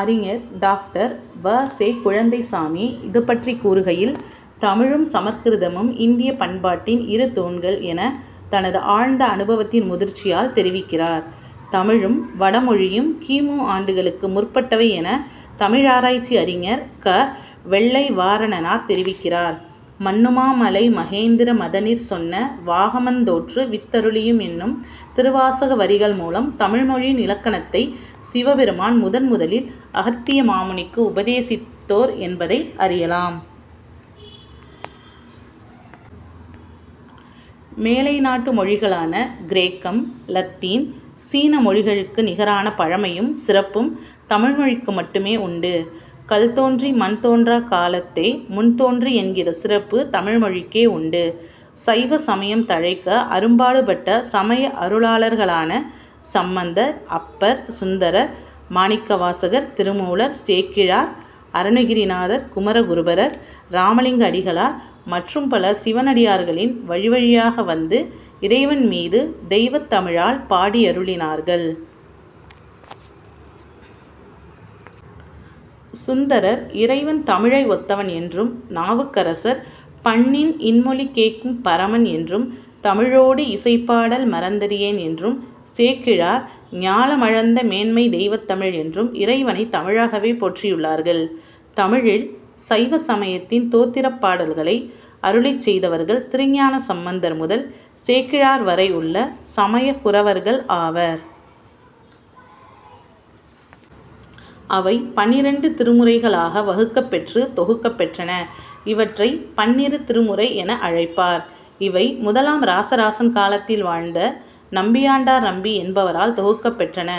அறிஞர் டாக்டர் வா. செ. குழந்தைசாமி இதுபற்றிக் கூறுகையில், "தமிழும் சமற்கிருதமும் இந்திய பண்பாட்டின் இரு தூண்கள்' எனத் தனது ஆழ்ந்த அனுபவத்தின் முதிர்ச்சியால் தெரிவிக்கிறார். தமிழும், வடமொழியும் கி. மு. ஆண்டுகளுக்கு முற்பட்டவை எனத் தமிழாராய்ச்சி அறிஞர் க. வெள்ளைவாரணனார் தெரிவிக்கிறார். "மன்னுமா மலை மகேந்திர மதனிற்சொன்ன வாகமந் தோற்று வித்தருளியும்'எனும் திருவாசக வரிகள் மூலம் தமிழ்மொழியின் இலக்கணத்தைச் சிவபெருமான் முதன்முதலில் அகத்திய மாமுனிக்கு உபதேசித்தோர் என்பதை அறியலாம். மேலைநாட்டு மொழிகளான கிரேக்கம், இலத்தீன், சீன மொழிகளுக்கு நிகரான பழமையும், சிறப்பும் தமிழ்மொழிக்கு மட்டுமே உண்டு. "கல்தோன்றி மண்தோன்றாக் காலத்தே முன்தோன்றி' என்கிற சிறப்பு தமிழ்மொழிக்கே உண்டு. சைவ சமயம் தழைக்க அரும்பாடுபட்ட சமய அருளாளர்களான சம்பந்தர், அப்பர், சுந்தரர், மாணிக்க வாசகர், திருமூலர், சேக்கிழார், அருணகிரிநாதர், குமரகுருபரர், இராமலிங்க அடிகளார் மற்றும் பல சிவனடியார்களின் வழிவழியாக வந்து இறைவன் மீது தெய்வத் தமிழால் பாடியருளினார்கள். சுந்தரர், "இறைவன் தமிழை ஒத்தவன்' என்றும், நாவுக்கரசர், "பண்ணின் இன்மொழி கேட்கும் பரமன்' என்றும், "தமிழோடு இசைபாடல் மறந்தறியேன்' என்றும், சேக்கிழார் "ஞாலமளந்த மேன்மைத் தெய்வத்தமிழ்' என்றும் இறைவனைத் தமிழாகவே போற்றியுள்ளார்கள். தமிழில் சைவ சமயத்தின் தோத்திரப் பாடல்களை அருளிச் செய்தவர்கள் திருஞான சம்பந்தர் முதல் சேக்கிழார் வரை உள்ள சமயக்குரவர்கள் ஆவர். அவை பன்னிரண்டு திருமுறைகளாக வகுக்கப் பெற்று தொகுக்கப் பெற்றன. இவற்றை "பன்னிரு திருமுறை' என அழைப்பார். இவை முதலாம் இராசராசன் காலத்தில் வாழ்ந்த நம்பியாண்டார் நம்பி என்பவரால் தொகுக்கப் பெற்றன.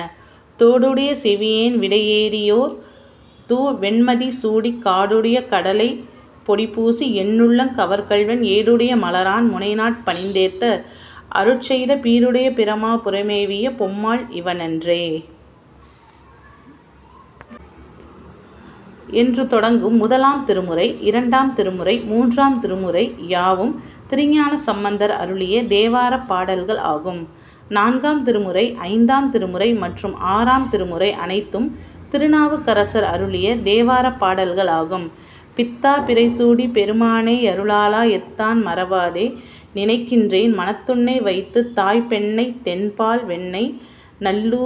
"தோடுடைய செவியன் விடையேறியோர்தூ வெண்மதிசூடிக்காடுடைய கடலைந் பொடிபூசி என்னுள்ளங் கவர்கள்வன்ஏடுடைய மலரான் முனைநாட் பணிந்தேத்த அருள்செய்தபீடுடைய பிரமா புரமேவிய பொம்மாள் இவனன்றே! என்று தொடங்கும் முதலாம் திருமுறை, இரண்டாம் திருமுறை, மூன்றாம் திருமுறை, யாவும் திருஞான சம்பந்தர் அருளிய தேவாரப் பாடல்கள் ஆகும். நான்காம் திருமுறை, ஐந்தாம் திருமுறை மற்றும் ஆறாம் திருமுறை அனைத்தும் திருநாவுக்கரசர் அருளிய தேவார பாடல்கள் ஆகும். "பித்தாபிறை சூடிபெரு மானேயரு ளாளாஎத்தான்மற வாதேநினைக் கின்றேன்மனத்துன்னைவைத்தாய் பெண்ணைத் தென்பால்வெண்ணெய்நல்லூ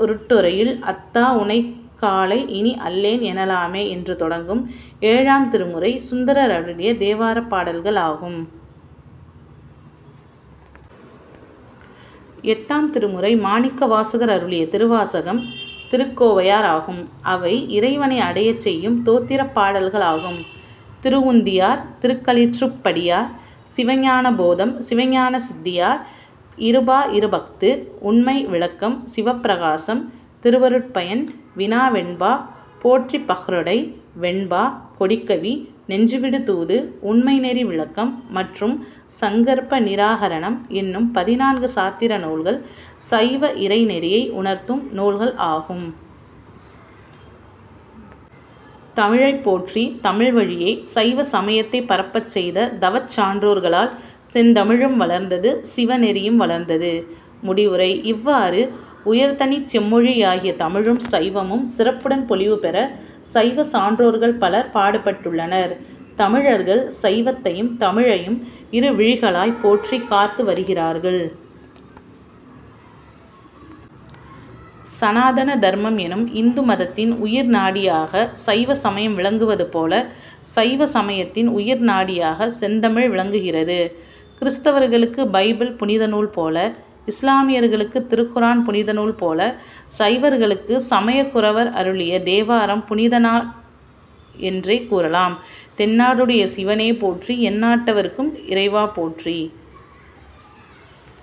ரருட்டுறையுள்அத்தா உனக் காளாய்இனி அல்லேன் எனலாமே'என்று தொடங்கும் ஏழாம் திருமுறை சுந்தரர் அருளிய தேவாரப் பாடல்கள் ஆகும். எட்டாம் திருமுறை மாணிக்கவாசகர் அருளிய திருவாசகம், திருகோவையார் ஆகும். அவை இறைவனை அடையச் செய்யும் தோத்திரப் பாடல்கள் ஆகும். திருவுந்தியார், திருக்களிற்றுப்படியார், சிவஞான போதம், சிவஞான சித்தியார், இருபா இருபஃது, உண்மை விளக்கம், சிவப்பிரகாசம், திருவருட்பயன், வினாவெண்பா, போற்றிப்பஃறொடை வெண்பா, கொடிக்கவி, நெஞ்சு விடு தூது, உண்மை நெறி விளக்கம் மற்றும் சங்கற்ப நிராகரணம் என்னும் பதினான்கு சாத்திர நூல்கள் சைவ இறை நெறியை உணர்த்தும் நூல்கள் ஆகும். தமிழைப் போற்றி, தமிழ் வழியே சைவ சமயத்தைப் பரப்பச் செய்த தவச் சான்றோர்களால் செந்தமிழும் வளர்ந்தது; சிவநெறியும் வளர்ந்தது. முடிவுரை:இவ்வாறு உயர்தனிச் செம்மொழியாகிய தமிழும், சைவமும் சிறப்புடன் பொலிவு பெற சைவச் சான்றோர்கள் பலர் பாடுபட்டுள்ளனர். தமிழர்கள் சைவத்தையும், தமிழையும் இரு விழிகளாய்ப் போற்றிக் காத்து வருகிறார்கள். சனாதன தர்மம் எனும் இந்து மதத்தின் உயிர்நாடியாகச் சைவசமயம் விளங்குவது போலச் சைவசமயத்தின் உயிர்நாடியாகச் செந்தமிழ் விளங்குகிறது. கிறித்தவர்களுக்கு பைபிள் புனித நூல் போல, இசுலாமியர்களுக்குத் திருக்குர் ஆன் புனிதநூல் போல, சைவர்களுக்குச் சமயக்குரவர் அருளிய தேவாரம் புனித நூல் என்றே கூறலாம். "தென்னாடுடைய சிவனே போற்றி; எந்நாட்டவர்க்கும் இறைவா போற்றி!